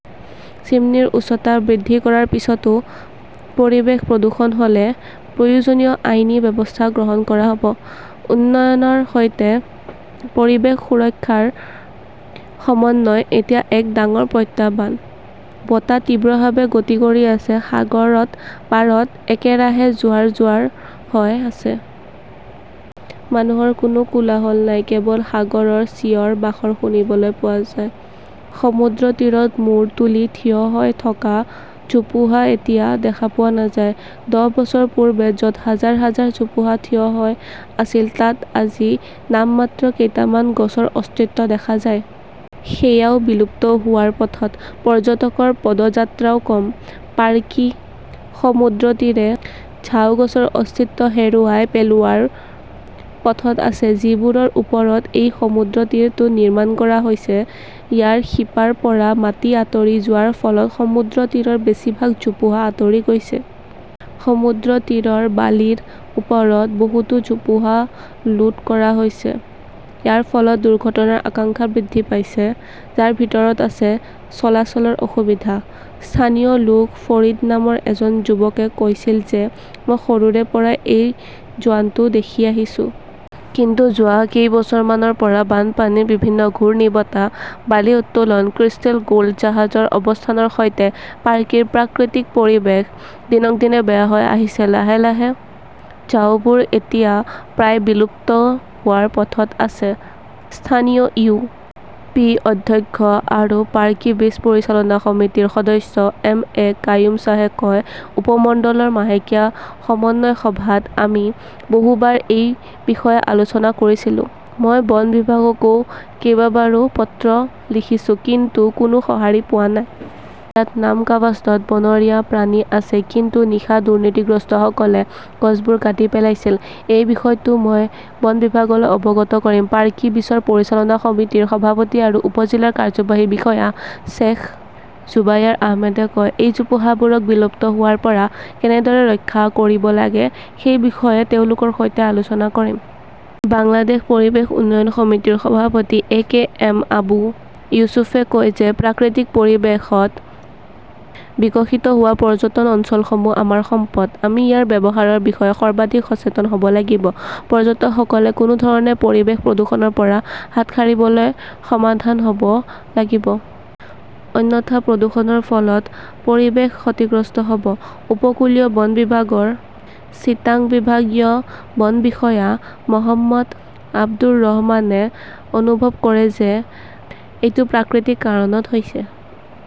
চিমনীৰ উচ্চতা বৃদ্ধি কৰাৰ পিছতো পৰিৱেশ প্ৰদূষণ হ'লে, প্ৰয়োজনীয় আইনী ব্যৱস্থা গ্ৰহণ কৰা হ'ব। উন্নয়নৰ সৈতে পৰিৱেশ সুৰক্ষাৰ সমন্বয় এতিয়া এক ডাঙৰ প্ৰত্যাহ্বান। বতাহ তীব্ৰভাৱে গতি কৰি আছে, সাগৰত পাৰত একেৰাহে জোৱাৰ-জোৱাৰ হৈ আছে। মানুহৰ কোনো কোলাহল নাই। কেৱল সাগৰৰ চিঞৰ-বাখৰ শুনিবলৈ পোৱা যায়। সমুদ্ৰতীৰত মূৰ তুলি থিয় হৈ থকা জোপোহা এতিয়া দেখা পোৱা নাযায়। দহ বছৰ পূৰ্বে য'ত হাজাৰ হাজাৰ জোপোহা থিয় হৈ আছিল তাত আজি নামমাত্ৰ কেইটামান গছৰ অস্তিত্ব দেখা যায়। সেয়াও বিলুপ্ত হোৱাৰ পথত। পৰ্যটকৰ পদযাত্ৰাও কম। পাৰ্কি সমুদ্ৰতীৰে ঝাও গছৰ অস্তিত্ব হেৰুৱাই পেলোৱাৰ পথত আছে যিবোৰৰ ওপৰত এই সমুদ্ৰতীৰটো নিৰ্মাণ কৰা হৈছে। ইয়াৰ শিপাৰ পৰা মাটি আঁতৰি যোৱাৰ ফলত সমুদ্ৰতীৰৰ বেছিভাগ জোপোহা আঁতৰি গৈছে। সমুদ্ৰতীৰৰ বালিৰ ওপৰত বহুতো জোপোহা লুট কৰা হৈছে। ইয়াৰ ফলত দুৰ্ঘটনাৰ আশংকা বৃদ্ধি পাইছে, যাৰ ভিতৰত আছে চলাচলৰ অসুবিধা। স্থানীয় লোক ফৰিদ নামৰ এজন যুৱকে কৈছিল যে মই সৰুৰে পৰাই এই জোৱানটো দেখি আহিছো। কিন্তু যোৱা কেইবছৰমানৰ পৰা বানপানী, বিভিন্ন ঘূৰ্ণীবতাহ, বালি উত্তোলন, ক্ৰিষ্টেল গোল্ড জাহাজৰ অৱস্থানৰ সৈতে পাৰ্কিৰ প্ৰাকৃতিক পৰিৱেশ দিনক দিনে বেয়া হৈ আহিছে। লাহে লাহে ঝাউবোৰ এতিয়া প্ৰায় বিলুপ্ত হোৱাৰ পথত আছে। স্থানীয় ইউ. পি. অধ্যক্ষ আৰু পাৰ্কি বিচ পৰিচালনা সমিতিৰ সদস্য এম. এ. কাইয়ুম শ্বাহে কয়, উপমণ্ডলৰ মাহেকীয়া সমন্বয় সভাত আমি বহুবাৰ এই বিষয়ে আলোচনা কৰিছিলো। মই বন বিভাগকো কেইবাবাৰো পত্ৰ লিখিছোঁ, কিন্তু কোনো সঁহাৰি পোৱা নাই। ইয়াত নামকাৱাস্তত বনৰীয়া প্ৰাণী আছে। কিন্তু নিশা দুৰ্নীতিগ্ৰস্তসকলে গছবোৰ কাটি পেলাইছিল। এই বিষয়টো মই বন বিভাগলৈ অৱগত কৰিম, পাৰ্কি বিচৰ পৰিচালনা সমিতিৰ সভাপতি আৰু উপ-জিলাৰ কাৰ্যবাহী বিষয়া শ্বেইখ জোবায়াৰ আহমেদে কয়। এই জোপোহাবোৰক বিলুপ্ত হোৱাৰ পৰা কেনেদৰে ৰক্ষা কৰিব লাগে সেই বিষয়ে তেওঁলোকৰ সৈতে আলোচনা কৰিম। বাংলাদেশ পৰিৱেশ উন্নয়ন সমিতিৰ সভাপতি এ. কে. এম. আবু ইউছুফে কয় যে প্ৰাকৃতিক পৰিৱেশত বিকশিত হোৱা পৰ্যটন অঞ্চলসমূহ আমাৰ সম্পদ। আমি ইয়াৰ ব্যৱহাৰৰ বিষয়ে সৰ্বাধিক সচেতন হ 'ব লাগিব। পৰ্যটকসকলে কোনো ধৰণে পৰিৱেশ প্ৰদূষণৰ পৰা হাত সাৰিবলৈ সাৱধান হ'ব লাগিব। অন্যথা প্ৰদূষণৰ ফলত পৰিৱেশ ক্ষতিগ্ৰস্ত হ'ব। উপকূলীয় বন বিভাগৰ চিটাগং বিভাগীয় বন বিষয়া মহম্মদ আবদুৰ ৰহমানে অনুভৱ কৰে যে, এইটো প্ৰাকৃতিক কাৰণত হৈছে।